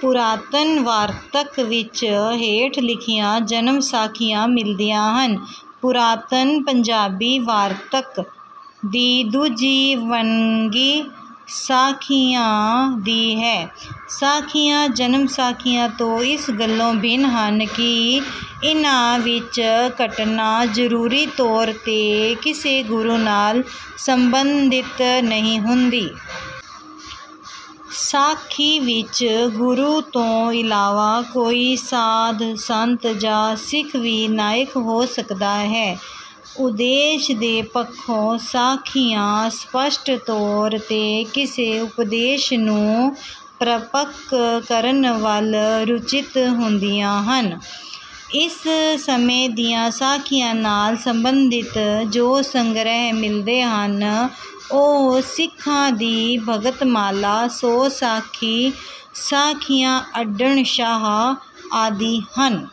ਪੁਰਾਤਨ ਵਾਰਤਕ ਵਿੱਚ ਹੇਠ ਲਿਖੀਆਂ ਜਨਮਸਾਖੀਆਂ ਮਿਲਦੀਆਂ ਹਨ। ਪੁਰਾਤਨ ਪੰਜਾਬੀ ਵਾਰਤਕ ਦੀ ਦੂਜੀ ਵੰਨਗੀ ਸਾਖੀਆਂ ਦੀ ਹੈ। ਸਾਖੀਆਂ ਜਨਮਸਾਖੀਆਂ ਤੋਂ ਇਸ ਗੱਲੋਂ ਭਿੰਨ ਹਨ ਕਿ ਇਨ੍ਹਾਂ ਵਿੱਚ ਘਟਨਾ ਜ਼ਰੂਰੀ ਤੌਰ ’ਤੇ ਕਿਸੇ ਗੁਰੂ ਨਾਲ ਸੰਬੰਧਿਤ ਨਹੀਂ ਹੁੰਦੀ। ਸਾਖੀ ਵਿੱਚ ਗੁਰੂ ਤੋਂ ਇਲਾਵਾ ਕੋਈ ਸਾਧ, ਸੰਤ ਜਾਂ ਸਿੱਖ ਵੀ ਨਾਇਕ ਹੋ ਸਕਦਾ ਹੈ। ਉਦੇਸ਼ ਦੇ ਪੱਖੋਂ ਸਾਖੀਆਂ ਸਪੱਸ਼ਟ ਤੌਰ ’ਤੇ ਕਿਸੇ ਉਪਦੇਸ਼ ਨੂੰ ਪ੍ਰਪੱਕ ਕਰਨ ਵੱਲ ਰੁਚਿਤ ਹੁੰਦੀਆਂ ਹਨ। ਇਸ ਸਮੇਂ ਦੀਆਂ ਸਾਖੀਆਂ ਨਾਲ ਸੰਬੰਧਿਤ ਜੋ ਸੰਗ੍ਰਹਿ ਮਿਲਦੇ ਹਨ, ਉਹ ‘ਸਿੱਖਾਂ ਦੀ ਭਗਤਮਾਲਾ’, ‘ਸੌ ਸਾਖੀ’, ‘ਸਾਖੀਆਂ ਅੱਡਣ ਸ਼ਾਹ’ ਆਦਿ ਹਨ।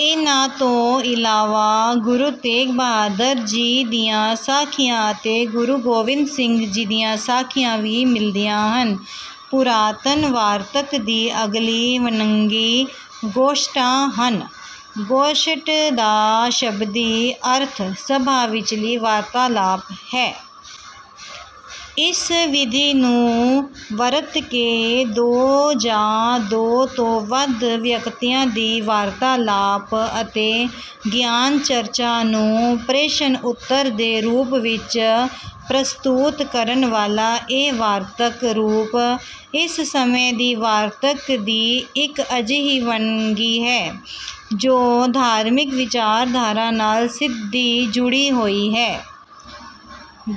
ਇਨ੍ਹਾਂ ਤੋਂ ਇਲਾਵਾ ਗੁਰੂ ਤੇਗ ਬਹਾਦਰ ਜੀ ਦੀਆਂ ਸਾਖੀਆਂ ਅਤੇ ਗੁਰੂ ਗੋਬਿੰਦ ਸਿੰਘ ਜੀ ਦੀਆਂ ਸਾਖੀਆਂ ਵੀ ਮਿਲਦੀਆਂ ਹਨ। ਪੁਰਾਤਨ ਵਾਰਤਕ ਦੀ ਅਗਲੀ ਵੰਨਗੀ ਗੋਸ਼ਟਾਂ ਹਨ। ਗੋਸ਼ਟਿ ਦਾ ਸ਼ਬਦੀ ਅਰਥ “ਸਭਾ ਵਿਚਲੀ ਵਾਰਤਾਲਾਪ” ਹੈ। ਇਸ ਵਿਧੀ ਨੂੰ ਵਰਤ ਕੇ ਦੋ ਜਾਂ ਦੋ ਤੋਂ ਵੱਧ ਵਿਅਕਤੀਆਂ ਦੀ ਵਾਰਤਾਲਾਪ ਅਤੇ ਗਿਆਨ-ਚਰਚਾ ਨੂੰ ਪ੍ਰਸ਼ਨ-ਉੱਤਰ ਦੇ ਰੂਪ ਵਿੱਚ ਪ੍ਰਸਤੁਤ ਕਰਨ ਵਾਲਾ ਇਹ ਵਾਰਤਕ ਰੂਪ ਇਸ ਸਮੇਂ ਦੀ ਵਾਰਤਕ ਦੀ ਇੱਕ ਅਜਿਹੀ ਵੰਨਗੀ ਹੈ, ਜੋ ਧਾਰਮਿਕ ਵਿਚਾਰਧਾਰਾ ਨਾਲ ਸਿੱਧੀ ਜੁੜੀ ਹੋਈ ਹੈ।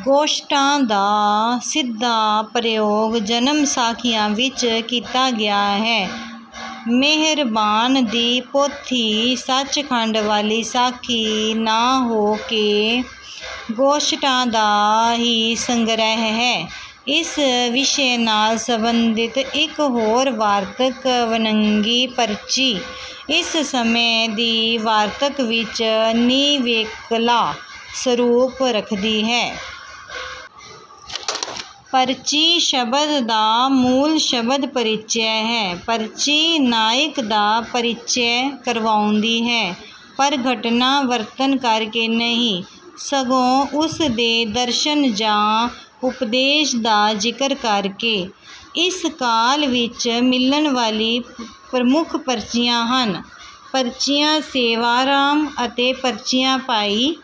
ਗੋਸ਼ਟਾਂ ਦਾ ਸਿੱਧਾ ਪ੍ਰਯੋਗ ਜਨਮਸਾਖੀਆਂ ਵਿੱਚ ਵੀ ਕੀਤਾ ਗਿਆ ਹੈ। ਮਿਹਰਬਾਨ ਦੀ ਪੋਥੀ ਸਚਖੰਡ ਵਾਲੀ ਸਾਖੀ ਨਾ ਹੋ ਕੇ ਗੋਸ਼ਟਾਂ ਦਾ ਹੀ ਸੰਗ੍ਰਹਿ ਹੈ। ਇਸ ਵਿਸ਼ੇ ਨਾਲ ਸੰਬੰਧਿਤ ਇੱਕ ਹੋਰ ਵਾਰਤਕ ਵੰਨਗੀ ਪਰਚੀ ਇਸ ਸਮੇਂ ਦੀ ਵਾਰਤਕ ਵਿੱਚ ਨਿਵੇਕਲਾ ਸਰੂਪ ਰੱਖਦੀ ਹੈ। ਪਰਚੀ ਸ਼ਬਦ ਦਾ ਮੂਲ ਸ਼ਬਦ ‘ਪਰਿਚਯ’ ਹੈ। ਪਰਚੀ ਨਾਇਕ ਦਾ ਪਰਿਚਯ ਕਰਵਾਉਂਦੀ ਹੈ, ਪਰ ਘਟਨਾ ਵਰਣਨ ਕਰਕੇ ਨਹੀਂ, ਸਗੋਂ ਉਸ ਦੇ ਦਰਸ਼ਨ ਜਾਂ ਉਪਦੇਸ਼ ਦਾ ਜ਼ਿਕਰ ਕਰਕੇ। ਇਸ ਕਾਲ ਵਿੱਚ ਮਿਲਣ ਵਾਲੀਆਂ ਪ੍ਰਮੁੱਖ ਪਰਚੀਆਂ ਹਨ—‘ਪਰਚੀਆਂ ਸੇਵਾ ਦਾਸ’ ਅਤੇ ‘ਪਰਚੀਆਂ ਸ੍ਰੀ ਭਾਈ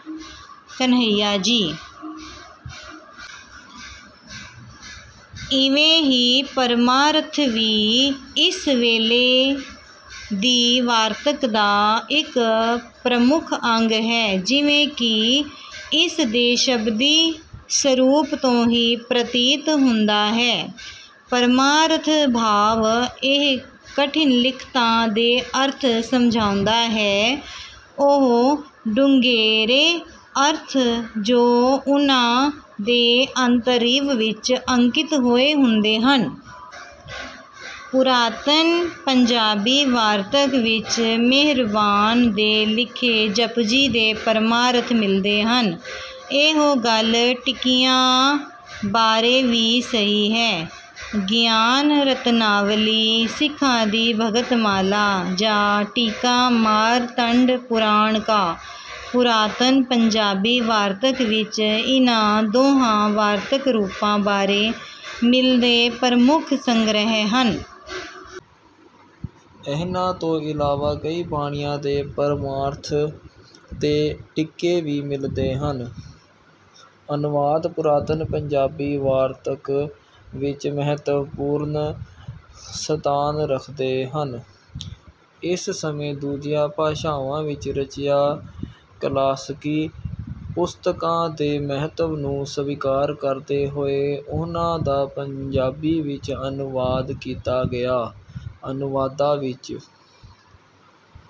ਕਨ੍ਹੱਯਾ ਜੀ’। ਇਵੇਂ ਹੀ ਪਰਮਾਰਥ ਵੀ ਇਸ ਵੇਲੇ ਦੀ ਵਾਰਤਕ ਦਾ ਇੱਕ ਪ੍ਰਮੁੱਖ ਅੰਗ ਹੈ। ਜਿਵੇਂ ਕਿ ਇਸ ਦੇ ਸ਼ਬਦੀ ਸਰੂਪ ਤੋਂ ਹੀ ਪ੍ਰਤੀਤ ਹੁੰਦਾ ਹੈ, ਪਰਮਾਰਥ ਭਾਵ ਇਹ ਕਠਿਨ ਲਿਖਤਾਂ ਦੇ ਅਰਥ ਸਮਝਾਉਂਦਾ ਹੈ; ਉਹ ਡੂੰਘੇਰੇ ਅਰਥ, ਜੋ ਉਨ੍ਹਾਂ ਦੇ ਅੰਤਰੀਵ ਵਿੱਚ ਅੰਕਿਤ ਹੋਏ ਹੁੰਦੇ ਹਨ। ਪੁਰਾਤਨ ਪੰਜਾਬੀ ਵਾਰਤਕ ਵਿੱਚ ਮਿਹਰਬਾਨ ਦੇ ਲਿਖੇ ਜਪੁਜੀ ਦੇ ਪਰਮਾਰਥ ਮਿਲਦੇ ਹਨ। ਇਹੋ ਗੱਲ ਟੀਕਿਆਂ ਬਾਰੇ ਵੀ ਸਹੀ ਹੈ। ‘ਗਿਆਨ ਰਤਨਾਵਲੀ’, ‘ਸਿੱਖਾਂ ਦੀ ਭਗਤਮਾਲਾ’ ਜਾਂ ‘ਟੀਕਾ ਮਾਰਤੰਡ ਪੁਰਾਣ ਕਾ’ ਪੁਰਾਤਨ ਪੰਜਾਬੀ ਵਾਰਤਕ ਵਿੱਚ ਇਨ੍ਹਾਂ ਦੋਹਾਂ ਵਾਰਤਕ-ਰੂਪਾਂ ਬਾਰੇ ਮਿਲਦੇ ਪ੍ਰਮੁੱਖ ਸੰਗ੍ਰਹਿ ਹਨ। ਇਨ੍ਹਾਂ ਤੋਂ ਇਲਾਵਾ ਕਈ ਬਾਣੀਆਂ ਦੇ ਪਰਮਾਰਥ ਤੇ ਟੀਕੇ ਵੀ ਮਿਲਦੇ ਹਨ। ਅਨੁਵਾਦ ਪੁਰਾਤਨ ਪੰਜਾਬੀ ਵਾਰਤਕ ਵਿੱਚ ਮਹੱਤਵਪੂਰਨ ਸਥਾਨ ਰੱਖਦੇ ਹਨ। ਇਸ ਸਮੇਂ ਦੂਜੀਆਂ ਭਾਸ਼ਾਵਾਂ ਵਿੱਚ ਰਚੀਆਂ ਕਲਾਸਕੀ ਪੁਸਤਕਾਂ ਦੇ ਮਹੱਤਵ ਨੂੰ ਸਵੀਕਾਰ ਕਰਦੇ ਹੋਏ ਉਨ੍ਹਾਂ ਦਾ ਪੰਜਾਬੀ ਵਿੱਚ ਅਨੁਵਾਦ ਕੀਤਾ ਗਿਆ। ਅਨੁਵਾਦਾਂ ਵਿੱਚ...